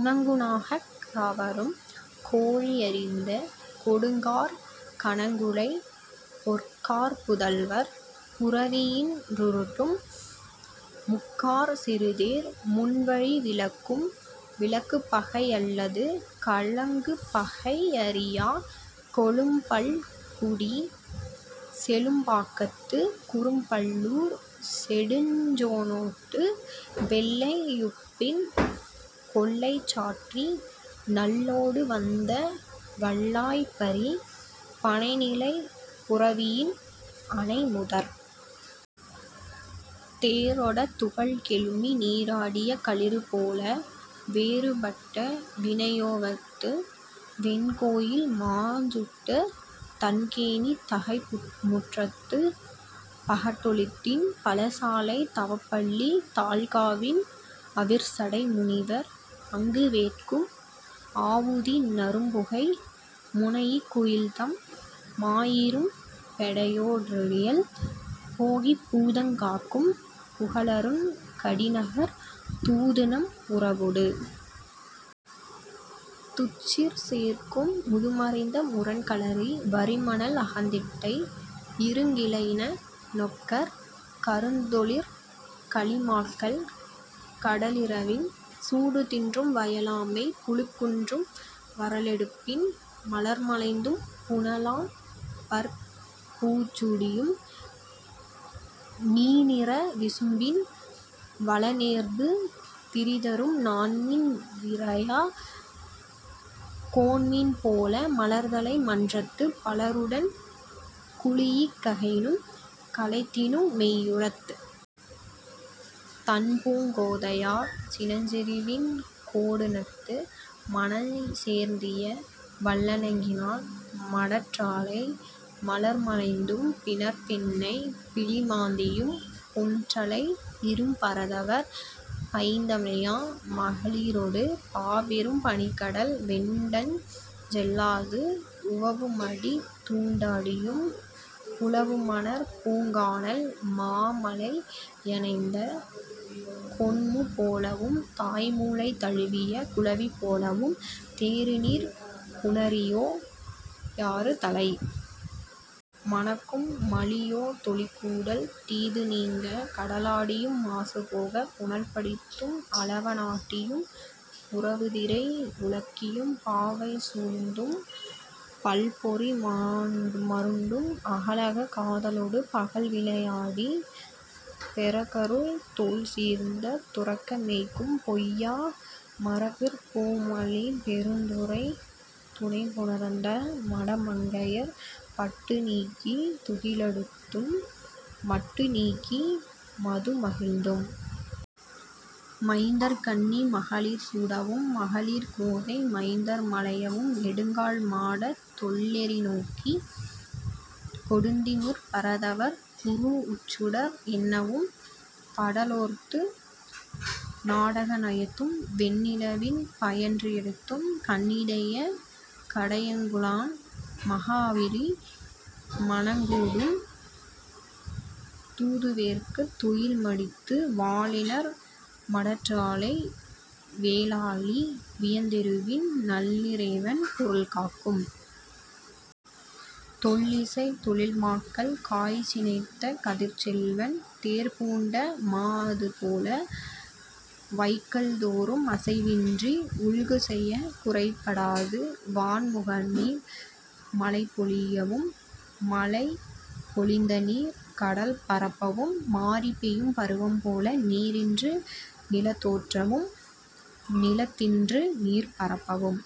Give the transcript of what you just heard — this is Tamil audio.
உணங்குணாக் கவரும் கோழி யெறிந்த கொடுங்காற் கனங்குழை பொற்காற் புதல்வர் புரவியின் றுருட்டும் முக்காற் சிறுதேர் முன்வழி விலக்கும் விலங்குபகை யல்லது கலங்குபகை யறியாக் கொழும்பல்குடிச் செழும்பாக்கத்துக் குறும்பல்லூர் நெடுஞ்சோணாட்டு வெள்ளை யுப்பின் கொள்ளை சாற்றி நெல்லொடு வந்த வல்லாய்ப் ப·றி பணைநிலைப் புரவியின் அணைமுதற் தேரொடத் துகள் கெழுமி நீறாடிய களிறுபோல வேறுபட்ட வினையோவத்து வெண்கோயில் மாசூட்டுந் தண்கேணித் தகைமுற்றத்துப் பகட்டெருத்தின் பலசாலைத் தவப்பள்ளித் தாழ்காவின் அவிர்சடை முனிவர் அங்கி வேட்கும் ஆவுதி நறும்புகை முனைஇக் குயில்தம் மாயிரும் பெடையோ டிரியல் போகிப் பூதங் காக்கும் புகலருங் கடிநகர்த் தூதுணம் புறவொடு துச்சிற் சேக்கும் முதுமரத்த முரண்களரி வரிமணல் அகந்திட்டை இருங்கிளை யினனொக்கற் கருந்தொழிற் கலிமாக்கள் கடலிறவின் சூடுதின்றும் வயலாமைப் புழுக்குண்டும் வறளடும்பின் மலர்மலைந்தும் புனலாம்பற் பூச்சூடியும் நீனிற விசும்பின் வலனேர்பு திரிதரும் நாண்மீன் விராய கோண்மீன் போல மலர்தலை மன்றத்துப் பலருடன் குழீஇக் கையினுங் கலத்தினு மெய்யுறத் தண்பூங் கோதையர் சினைச்சுறவின் கோடுநட்டு மனைச்சேர்த்திய வல்லணங்கினால் மடற்றாழை மலர்மலைந்தும் பிணர்ப்பெண்ணைப் பிழிமாந்தியும் புன்றலை இரும்பரதவர் பைந்தழைமா மகளிரொடு பாயிரும் பனிக்கடல் வேட்டஞ் செல்லாது உவவுமடிந் துண்டாடியும் புலவுமணற் பூங்கானல் மாமலை யணைந்த கொண்மூப் போலவும் தாய்முலை தழுவிய குழவி போலவும் தேறுநீர்ப் புணரியோ டியாறுதலை மணக்கும் மலியோத் தொலிகூடல் தீதுநீங்கக் கடலாடியும் மாசுபோகப் புனல்படிந்தும் அலவ னாட்டியும் உரவுத்திரை உழக்கியும் பாவை சூழ்ந்தும் பல்பொறி மருண்டும் அகலாக் காதலொடு பகல்விளை யாடிப் பெறற்கருந் தொல்சீர்த் துறக்க மேய்க்கும் பொய்யா மரபிற் பூமலி பெருந்துறைத் துணைப்புணர்ந்த மடமங்கையர் பட்டுநீக்கித் துகிலுடுத்தும் மட்டுநீக்கி மதுமகிழ்ந்தும் மைந்தர்கண்ணி மகளிர் சூடவும் மகளிர்கோதை மைந்தர் மலையவும் நெடுங்கால் மாடத் தொள்ளெரி நோக்கிக் கொடுந்திமிற் பரதவர் குரூஉச்சுடர் எண்ணவும் பாட லோர்த்தும் நாடக நயந்தும் வெண்ணிலவின் பயன்றுய்த்தும் கண்ணடைஇய கடைக்கங்குலான் மாஅகாவிரி மணங்கூட்டும் தூஉவெக்கர்த் துயில் மடிந்து வாலிணர் மடற்றாழை வேலாழி வியந்தெருவின் நல்லிறைவன் பொருள்காக்கும் தொல்லிசைத் தொழில்மாக்கள் காய்சினத்த கதிர்ச்செல்வன் தேர்பூண்ட மாஅபோல வைகல்தொறும் அசைவின்றி உல்குசெயக் குறைபடாது வான்முகந்தநீர் மலைப்பொழியவும் மலைப்பொழிந்தநீர் கடற்பரப்பவும் மாரிபெய்யும் பருவம்போல நீரினின்று நிலத்தேற்றவும் நிலத்தின்று நீர்ப்பரப்பவும்